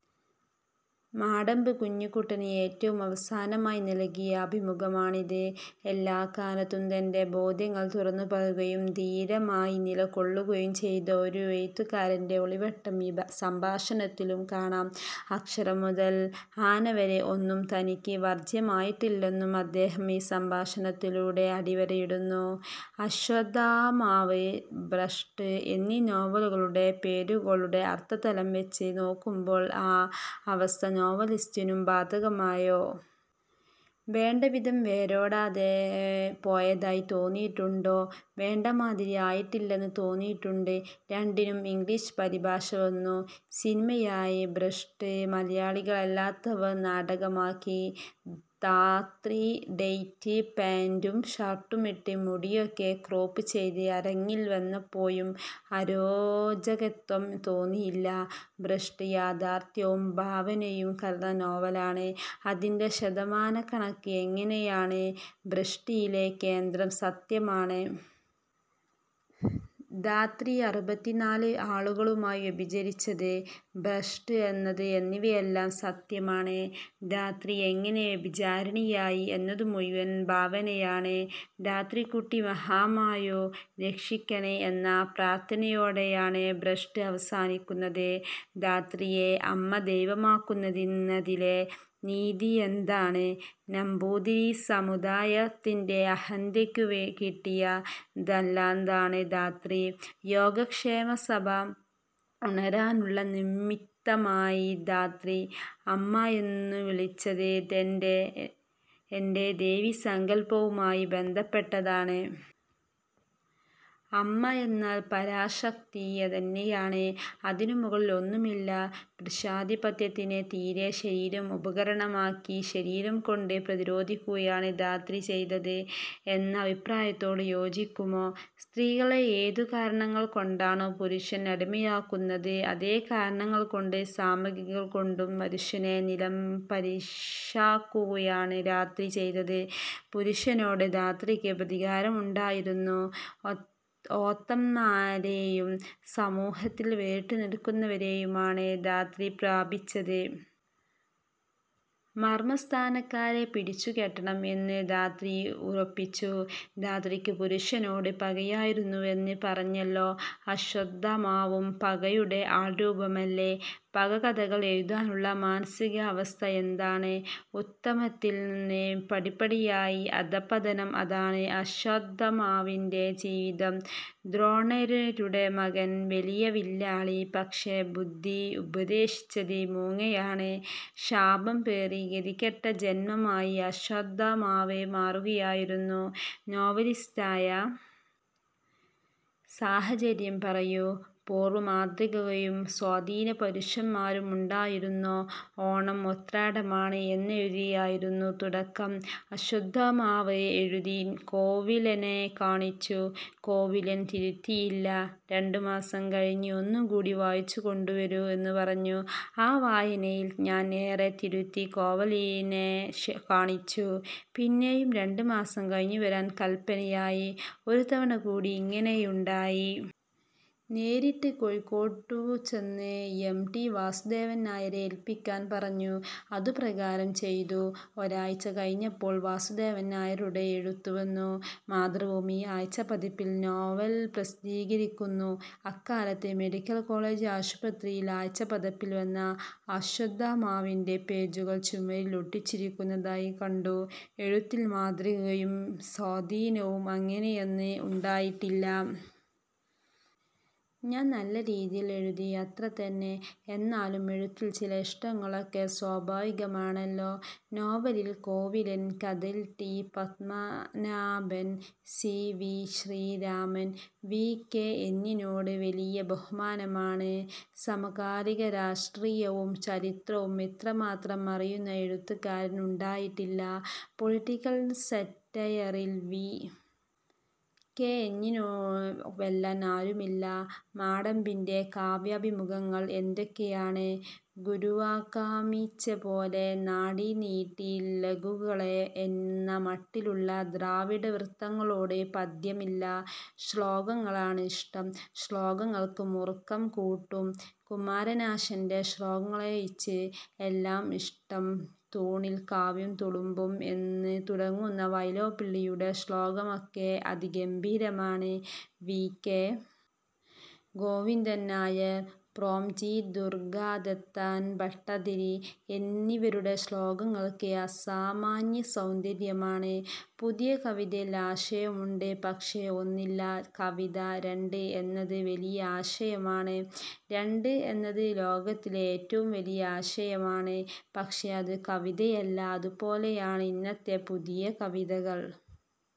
മാടമ്പ് കുഞ്ഞുകുട്ടന് ഏറ്റവും അവസാനമായി നൽകിയ അഭിമുഖമാണിത്. എല്ലാകാലത്തും തന്റെ ബോധ്യങ്ങൾ തുറന്നുപറയുകയും ധീരമായി നിലകൊള്ളുകയും ചെയ്ത ഒരു എഴുത്തുകാരന്റെ ഒളിവെട്ടം ഈ സംഭാഷണത്തിലും കാണാം. അക്ഷരം മുതൽ ആന വരെ ഒന്നും തനിക്ക് വർജ്യമായിട്ടില്ലെന്ന് അദ്ദേഹം ഈ സംഭാഷണത്തിലൂടെ അടിവരയിടുന്നു. അശ്വത്ഥാമാവ്, ഭ്രഷ്ട് എന്നീ നോവലുകളുടെ പേരുകളുടെ അർഥതലംവെച്ച് നോക്കുമ്പോൾ ആ അവസ്ഥ നോവലിസ്റ്റിനും ബാധകമായോ. വേണ്ടവിധം വേരോടാതെ പോയതായി തോന്നിയിട്ടുണ്ടോ. വേണ്ടമാതിരി ആയിട്ടില്ലെന്ന് തോന്നിയിട്ടുണ്ട്. രണ്ടിനും ഇംഗ്ലീഷ് പരിഭാഷ വന്നു. സിനിമയായി. ഭ്രഷ്ട് മലയാളികളല്ലാത്തവർ നാടകമാക്കി. താത്രി ടൈറ്റ് പാന്റും ഷർട്ടുമിട്ട് മുടിയൊക്കെ ക്രോപ്പ് ചെയ്ത് അരങ്ങിൽ വന്നപ്പോഴും അരോചകത്വം തോന്നിയില്ല. ഭ്രഷ്ട് യാഥാർഥ്യവും ഭാവനയും കലർന്ന നോവലാണ്. അതിന്റെ ശതമാനക്കണക്ക് എങ്ങനെയാണ്. ഭ്രഷ്ടിലെ കേന്ദ്രം സത്യമാണ്. താത്രി അറുപത്തിനാല് ആളുകളുമായി വ്യഭിചരിച്ചത്, ഭ്രഷ്ട് വന്നത് എന്നിവയെല്ലാം സത്യമാണ്. താത്രി എങ്ങനെ വ്യഭിചാരിണിയായി എന്നതുമുഴുവൻ ഭാവനയാണ്. താത്രിക്കുട്ടി മഹാമായേ. രക്ഷിക്കണേ എന്ന പ്രാർഥനയോടെയാണ് ഭ്രഷ്ട് അവസാനിക്കുന്നത്. താത്രിയെ അമ്മദൈവമാക്കുന്നതിലെ നീതി എന്താണ്. നമ്പൂതിരിസമുദായത്തിന്റെ അഹന്തയ്ക്കുകിട്ടിയ തല്ലാണ് താത്രി. യോഗക്ഷേമസഭ ഉണരാനുള്ള നിമിത്തമായി താത്രി. അമ്മ എന്നു വിളിച്ചത് തൻറെ എന്റെ ദേവീസങ്കൽപവുമായി ബന്ധപ്പെട്ടതാണ്. അമ്മ എന്നാൽ പരാശക്തി തന്നെയാണ്. അതിനുമുകളിൽ ഒന്നുമില്ല. പുരുഷാധിപത്യത്തിനെതിരെ ശരീരം ഉപകരണമാക്കി ശരീരംകൊണ്ട് പ്രതിരോധിക്കുകയാണ് താത്രി ചെയ്തത് എന്ന അഭിപ്രായത്തോട് യോജിക്കുമോ. സ്ത്രീകളെ ഏതുകാരണങ്ങൾകൊണ്ടാണോ പുരുഷൻ അടിമയാക്കുന്നത് അതേ കാരണങ്ങൾകൊണ്ടും സാമഗ്രികൾകൊണ്ടും പുരുഷനെ നിലംപരിശാക്കുകയാണ് താത്രി ചെയ്തത്. പുരുഷനോട് താത്രിക്ക് പ്രതികാരമുണ്ടായിരുന്നു. ഓത്തന്മാരെയും കലാകാരന്മാരെയും സമൂഹത്തിൽ വേറിട്ടുനിൽക്കുന്നവരെയുമാണ് താത്രി പ്രാപിച്ചത്. മർമസ്ഥാനക്കാരെ പിടിച്ചുകെട്ടണം എന്ന് താത്രി ഉറപ്പിച്ചു. താത്രിക്ക് പുരുഷനോട് പകയായിരുന്നുവെന്ന് പറഞ്ഞല്ലോ. അശ്വത്ഥാമാവും പകയുടെ ആൾരൂപമല്ലേ. പകക്കഥകൾ എഴുതാനുള്ള മാനസികാവസ്ഥ എന്താണ്. ഉത്തമത്തിൽനിന്ന് പടിപടിയായ അധഃപതനം. അതാണ് അശ്വത്ഥാമാവിന്റെ ജീവിതം. ദ്രോണരുടെ മകൻ, വലിയ വില്ലാളി. പക്ഷേ ബുദ്ധി ഉപദേശിച്ചത് മൂങ്ങയാണ്. ശാപംപേറി ഗതികെട്ട ജന്മമായി അശ്വത്ഥാമാവ് മാറുകയായിരുന്നു. നോവലിസ്റ്റായ സാഹചര്യം പറയൂ. പൂർവമാതൃകയും സ്വാധീനപുരുഷന്മാരും ഉണ്ടായിരുന്നോ. ഓണം ഉത്രാടമാണ് എന്നെഴുതിയായിരുന്നു തുടക്കം. അശ്വത്ഥാമാവ് എഴുതി. കോവിലനെ കാണിച്ചു. കോവിലൻ തിരുത്തിയില്ല. രണ്ടുമാസം കഴിഞ്ഞ് ഒന്നുകൂടി വായിച്ചുകൊണ്ടുവരൂ എന്നുപറഞ്ഞു. ആ വായനയിൽ ഞാൻ ഏറെ തിരുത്തി കോവിലനെ കാണിച്ചു. പിന്നെയും രണ്ടുമാസം കഴിഞ്ഞുവരാൻ കല്പനയായി. ഒരു തവണകൂടി ഇങ്ങനെയുണ്ടായി. നേരിട്ട് കോഴിക്കോട്ടുചെന്ന് എം. ടി. വാസുദേവൻ നായരെ ഏൽപ്പിക്കാൻ പറഞ്ഞു. അതുപ്രകാരം ചെയ്തു. ഒരാഴ്ച കഴിഞ്ഞപ്പോൾ വാസുദേവൻ നായരുടെ എഴുത്തുവന്നു. മാതൃഭൂമി ആഴ്ചപ്പതിപ്പിൽ നോവൽ പ്രസിദ്ധീകരിക്കുന്നു. അക്കാലത്ത് മെഡിക്കൽ കോളേജ് ആശുപത്രിയിൽ ആഴ്ചപ്പതിപ്പിൽ വന്ന അശ്വത്ഥാമാവിന്റെ പേജുകൾ ചുമരിൽ ഒട്ടിച്ചിരിക്കുന്നതായി കണ്ടു. എഴുത്തിൽ മാതൃകയും സ്വാധീനവും അങ്ങനെയൊന്ന് ഉണ്ടായിട്ടില്ല. ഞാൻ നല്ല രീതിയിൽ എഴുതി. അത്രതന്നെ. എന്നാലും എഴുത്തിൽ ചില ഇഷ്ടങ്ങളൊക്കെ സ്വാഭാവികമാണല്ലോ. നോവലിൽ കോവിലൻ, കഥയിൽ T. Padmanabhan, C. V. Sreeraman. V. K. എന്നിനോട് വലിയ ബഹുമാനമാണ്. സമകാലിക രാഷ്ട്രീയവും ചരിത്രവും ഇത്രമാത്രം അറിയുന്ന എഴുത്തുകാരൻ ഉണ്ടായിട്ടില്ല. പൊളിറ്റിക്കൽ സറ്റയറിൽ വി. കെ. എന്നിനെ വെല്ലാൻ ആരുമില്ല. മാടമ്പിന്റെ കാവ്യാഭിമുഖ്യങ്ങൾ എന്തൊക്കെയാണ്. ഗുരുവാകാമിച്ഛപോലെ നാടി നീട്ടി ലഘുക്കളെ എന്ന മട്ടിലുള്ള ദ്രാവിഡ വൃത്തങ്ങളോട് പഥ്യമില്ല. ശ്ലോകങ്ങളാണ് ഇഷ്ടം. ശ്ലോകങ്ങൾക്ക് മുറുക്കം കൂടും. കുമാരനാശാന്റെ ശ്ലോകങ്ങളൊഴിച്ച് എല്ലാം ഇഷ്ടം. തൂണിൽ കാവ്യം തുളുമ്പും എന്നു തുടങ്ങുന്ന വൈലോപ്പിള്ളിയുടെ ശ്ലോകമൊക്കെ അതിഗംഭീരമാണ്. വി. കെ. ഗോവിന്ദൻ നായർ, പ്രേംജി, ദുർഗാദത്തൻ ഭട്ടതിരി എന്നിവരുടെ ശ്ലോകങ്ങൾക്ക് അസാമാന്യ സൗന്ദര്യമാണ്. പുതിയ കവിതയിൽ ആശയമുണ്ട്. പക്ഷേ ഒന്നില്ല. കവിത. രണ്ട് എന്നത് വലിയ ആശയമാണ്. രണ്ട് എന്നത് ലോകത്തിലെ ഏറ്റവും വലിയ ആശയമാണ്. പക്ഷേ അതു കവിതയല്ല. അതുപോലെയാണ് ഇന്നത്തെ പുതിയ കവിതകൾ.